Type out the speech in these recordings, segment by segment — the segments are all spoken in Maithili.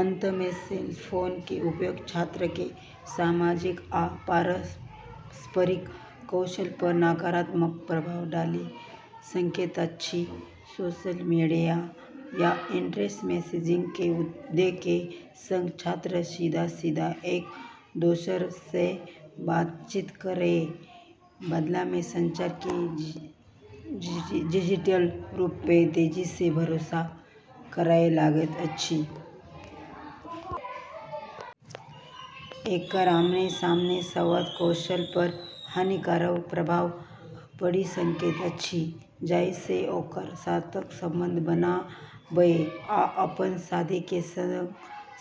अंत मे, सेल फोन के उपयोग छात्र के सामाजिक आ पारस्परिक कौशल पर नकारात्मक प्रभाव डालि सकैत अछि। सोशल मीडिया आ इंस्टेंट मैसेजिंग के उदय के संग छात्र सीधा-सीधा एक-दोसर सँ बातचीत करय के बदला मे संचार के डिजिटल रूप पर तेजी सँ भरोसा करय लागल अछि। एकर आमने-सामने संवाद कौशल पर हानिकारक प्रभाव पड़ि सकैत अछि, जाहि सँ ओकर सार्थक संबंध बनाबय आ अपन साथी के संग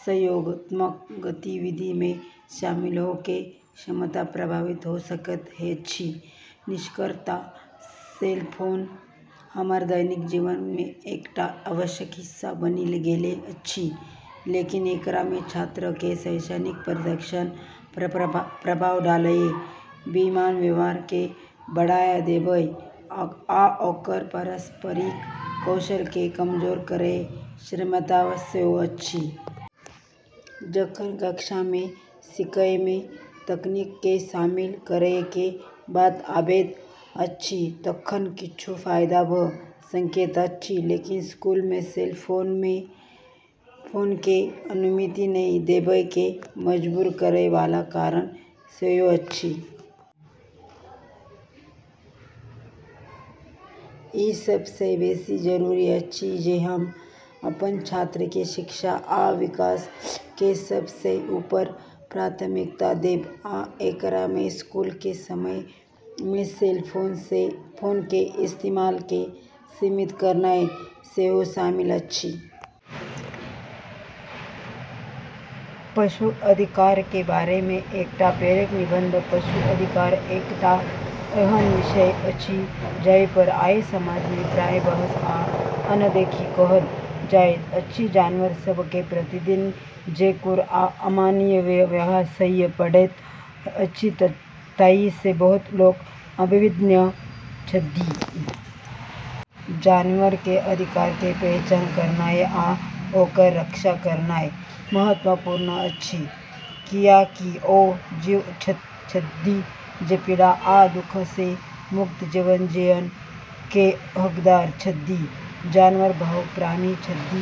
सहयोगात्मक गतिविधि मे शामिल होय के क्षमता प्रभावित होय सकैत अछि। निष्कर्षतः, सेल फोन हमर दैनिक जीवन के एकटा आवश्यक हिस्सा बनि गेल अछि, लेकिन एकरा मे छात्र के शैक्षणिक प्रदर्शन पर प्रभाव डालय, बेईमान व्यवहार के बढ़ावा देबय, आ ओकर पारस्परिक कौशल के कमजोर करय के क्षमता सेहो अछि। जखन कक्षा मे सीखय मे तकनीक के शामिल करय के बात आबैत अछि तखन किछु फायदा भ सकैत अछि, लेकिन स्कूल मे सेल फोन के अनुमति नहि देबय के मजबूर करय वाला कारण सेहो अछि। ई सभ सँ बेसी जरूरी अछि जे हम अपन छात्र के शिक्षा आ विकास के सभ सँ ऊपर प्राथमिकता देब, आ एकरा मे स्कूल के समय मे सेल फोन के इस्तेमाल के सीमित करनाय सेहो शामिल अछि। पशु अधिकार के बारे मे एकटा प्रेरक निबंध: पशु अधिकार एकटा एहन विषय अछि जाहि पर आइ समाज मे प्रायः बहस आ अनदेखी कएल जाएत अछि। जानवर सभ के प्रतिदिन जे क्रूर आ अमानवीय व्यवहार सहय पड़ैत अछि ताहि सँ बहुत लोक अनभिज्ञ छथि। जानवर के अधिकार के पहचान करनाय आ ओकर रक्षा करनाय महत्वपूर्ण अछि, कियाकि ओ जीव छथि जे पीड़ा आ दुख सँ मुक्त जीवन जियय के हकदार छथि। जानवर भावुक प्राणी छथि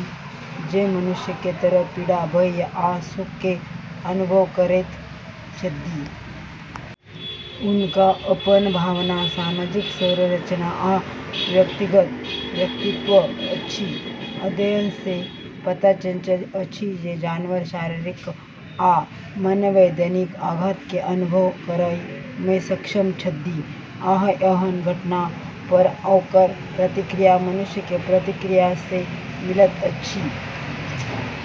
जे मनुष्य के तरह पीड़ा, भय आ सुख के अनुभव करैत छथि। हुनका अपन भावना, सामाजिक संरचना, आ व्यक्तिगत व्यक्तित्व अछि। अध्ययन सँ पता चलल अछि जे जानवर शारीरिक आ मनोवैज्ञानिक आघात के अनुभव करय मे सक्षम छथि, आ एहन घटना पर ओकर प्रतिक्रिया मनुष्य के प्रतिक्रिया सँ मिलैत अछि।